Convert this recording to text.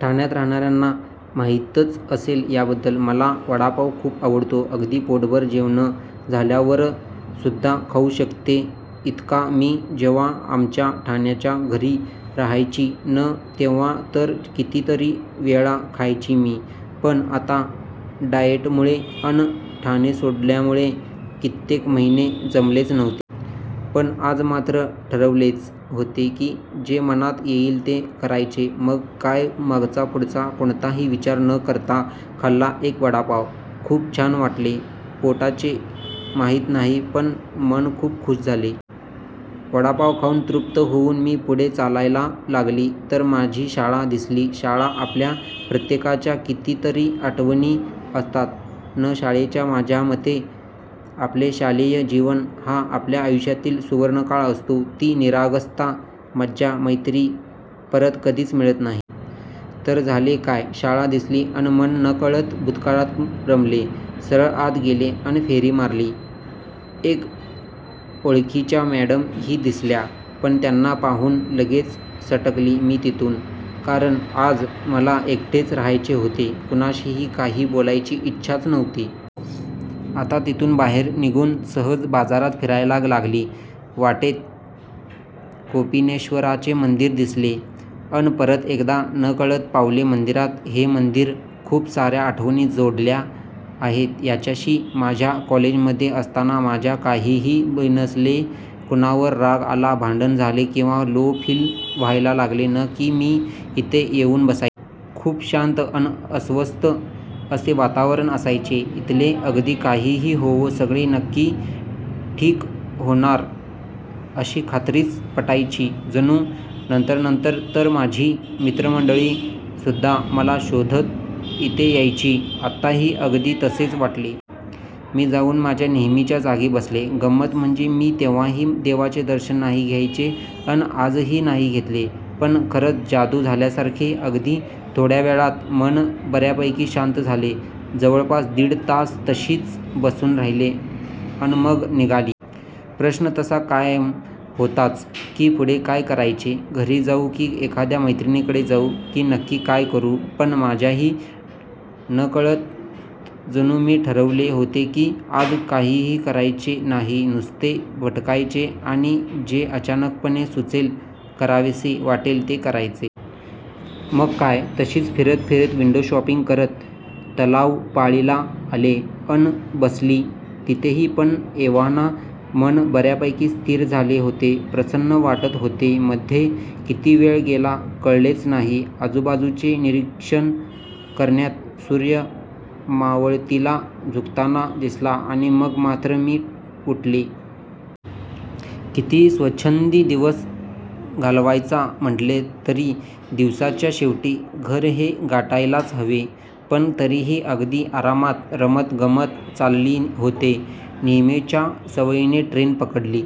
ठाण्यात राहणाऱ्यांना माहीतच असेल याबद्दल. मला वडापाव खूप आवडतो अगदी पोटभर जेवण झाल्यावर सुद्धा खाऊ शकते इतका. मी जेव्हा आमच्या ठाण्याच्या घरी राहायची न तेव्हा तर कितीतरी वेळा खायची मी. पण आता डाएटमुळे अन ठाणे सोडल्यामुळे कित्येक महिने जमलेच नव्हते. पण आज मात्र ठरवलेच होते की जे मनात येईल ते करायचे मग काय मागचा पुढचा कोणताही विचार न करता खाल्ला एक वडापाव, खूप छान वाटले. पोटाचे माहीत नाही पण मन खूप खुश झाले. वडापाव खाऊन तृप्त होऊन मी पुढे चालायला लागली तर माझी शाळा दिसली. शाळा, आपल्या प्रत्येकाच्या कितीतरी आठवणी असतात न शाळेच्या. माझ्यामते आपले शालेय जीवन हा आपल्या आयुष्यातील सुवर्णकाळ असतो. ती निरागसता, मज्जा, मैत्री परत कधीच मिळत नाही. तर, झाले काय शाळा दिसली अन मन नकळत भूतकाळात रमले. सरळ आत गेले अन फेरी मारली. एक ओळखीच्या मॅडम ही दिसल्या पण त्यांना पाहून लगेच सटकली मी तिथून, कारण आज मला एकटेच राहायचे होते, कुणाशीही काही बोलायची इच्छाच नव्हती. आता तिथून बाहेर निघून सहज बाजारात फिरायला लागली, वाटेत कोपिनेश्वराचे मंदिर दिसले अन परत एकदा नकळत पावले मंदिरात गेली. हे मंदिर, खूप साऱ्या आठवणी जोडल्या आहेत याच्याशी माझ्या. कॉलेजमध्ये असताना माझे काहीही बिनसले, कुणावर राग आला, भांडण झाले किंवा लो फील व्हायला लागले न की मी इथे येऊन बसायची. खूप शांत अन आश्वस्त असे वातावरण असायचे इथले. अगदी काहीही होवो सगळे नक्की ठीक होणार अशी खात्रीच पटायची जणू. नंतर नंतर तर माझी मित्रमंडळी सुद्धा मला शोधत इथे यायची. आत्ताही अगदी तसेच वाटले. मी जाऊन माझ्या नेहमीच्या जागी बसले. गंमत म्हणजे मी तेव्हाही देवाचे दर्शन नाही घ्यायचे अन आजही नाही घेतले. पण खरंच जादू झाल्यासारखे अगदी थोड्यावेळात मन बऱ्यापैकी शांत झाले. जवळपास दीड तास तशीच बसून राहिले अन मग निघाली. प्रश्न तसा कायम होताच की पुढे काय करायचे, घरी जाऊ की एखाद्या मैत्रिणीकडे जाऊ की नक्की काय करू. पण माझ्याही नकळत जणू मी ठरवले होते की आज काहीही करायचे नाही नुसते भटकायचे आणि जे अचानकपणे सुचेल, करावेसे वाटेल ते करायचे. मग काय, तशीच फिरत फिरत, विंडो शॉपिंग करत तलावपाळीला आले अन बसली तिथेही. पण एव्हाना मन बऱ्यापैकी स्थिर झाले होते, प्रसन्न वाटत होते. मध्ये किती वेळ गेला कळलेच नाही आजूबाजूचे निरीक्षण करण्यात. सूर्य मावळतीला झुकताना दिसला आणि मग मात्र मी उठले. कितीही स्वच्छंदी दिवस घालवायचा म्हटले तरी दिवसाच्या शेवटी घर हे गाठायलाच हवे. पण तरीही अगदी आरामात रमत गमत चालली होते. नेहमीच्या सवयीने ट्रेन पकडली